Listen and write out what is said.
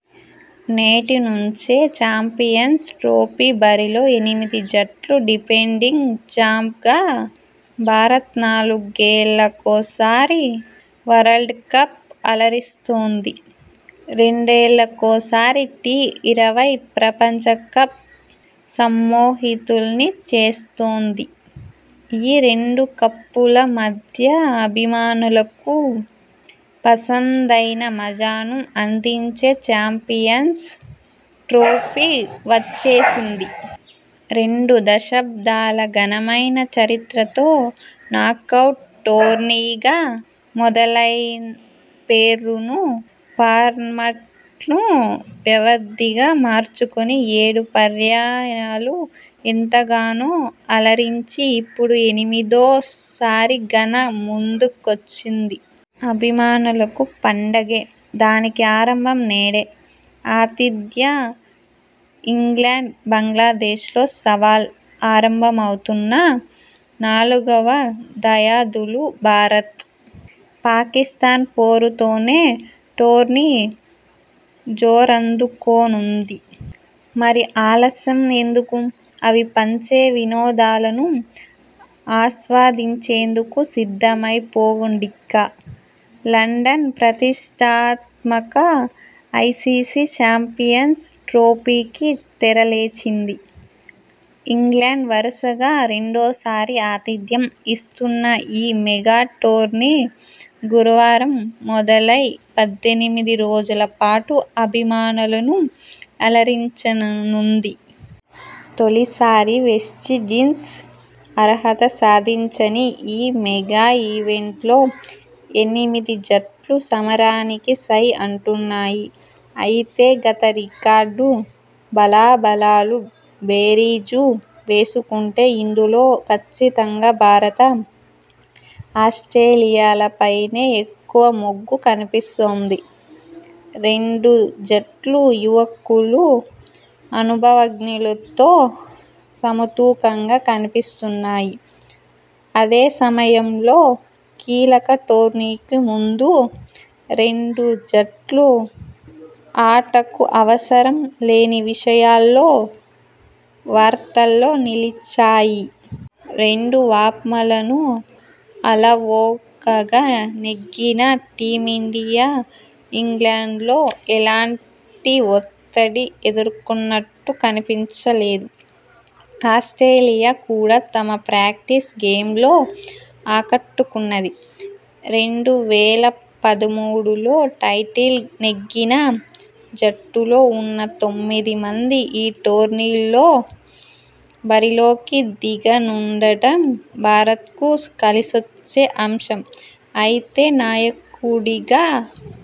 నేటి నుంచే champions trophy బరిలో ఎనిమిది జట్లు డిఫెండింగ్ చాంప్గా భారత్నాలుగేళ్లకోసారి వరల్డ్ కప్ అలరిస్తోంది! రెండేళ్లకోసారి టీ-ఇరవై ప్రపంచకప్ సమ్మోహితుల్ని చేస్తోంది! ఈ రెండు కప్పుల మధ్యలో అభిమానులకు పసందైన మజాను అందించే చాంపియన్స్ ట్రోఫీ వచ్చేసింది! రెండు దశాబ్దాల ఘనమైన చరిత్రతో నాకౌట్ టోర్నీగా మొదలై పేరును ఫార్మాట్ను వ్యవధిని మార్చుకొని ఏడు పర్యాయాలు ఎంతగానో అలరించి ఇప్పుడు ఎనిమిదో సారి మన ముందుకొచ్చింది! అభిమానులకు పండగే! దానికి ప్రారంభం నేడే! ఆతిథ్య ఇంగ్లండ్-బంగ్లాదేశ్తో సవాల్ ఆరంభమవుతున్నా నాలుగున దాయాదులు భారత్- పాకిస్థాన్ పోరుతోనే టోర్నీ జోరందుకోనుంది! మరి ఆలస్యం ఎందుకు అవి పంచే వినోదాలను ఆస్వాదించేందుకు సిద్ధమైపోండిక! లండన్ ప్రతిష్ఠాత్మక ఐసీసీ చాంపియన్స్ ట్రోఫీకి తెరలేచింది. ఇంగ్లండ్ వరుసగా రెండోసారి ఆతిథ్యం ఇస్తున్న ఈ మెగా టోర్నీ గురువారం మొదలై పద్దెనిమిది రోజుల పాటు అభిమానులను అలరించనుంది. తొలిసారి వెస్టిండీస్ అర్హత సాధించని ఈ మెగా ఈవెంట్లో ఎనిమిది జట్లు సమరానికి సై అంటున్నాయి. అయితే, గత రికార్డు, బలాబలాలు బేరీజు వేసుకుంటే ఇందులో కచ్చితంగా భారత, ఆస్ట్రేలియాలపైనే ఎక్కువ మొగ్గు కనిపిస్తోంది. రెండు జట్లూ యువకులు, అనుభవజ్ఞులతో సమతూకంగా కనిపిస్తున్నాయి. అదే సమయంలో కీలక టోర్నీకి ముందు రెండు జట్లూ ఆటకు అవసరం లేని విషయాల్లో వార్తల్లో నిలిచాయి. రెండు వామ్పలను అలవోకగా నెగ్గిన టీమిండియా ఇంగ్లండ్లో ఎలాంటి ఒత్తిడి ఎదుర్కొన్నట్టు కనిపించలేదు. ఆస్ట్రేలియా కూడా తమ ప్రాక్టీస్ గేమ్ల్లో ఆకట్టుకున్నది. రెండు వేల పదమూడులో టైటిల్ నెగ్గిన జట్టులో ఉన్న తొమ్మిది మంది ఈ టోర్నీలో బరిలోకి దిగనుండడం భారత్కు కలిసొచ్చే అంశం. అయితే, నాయకుడిగా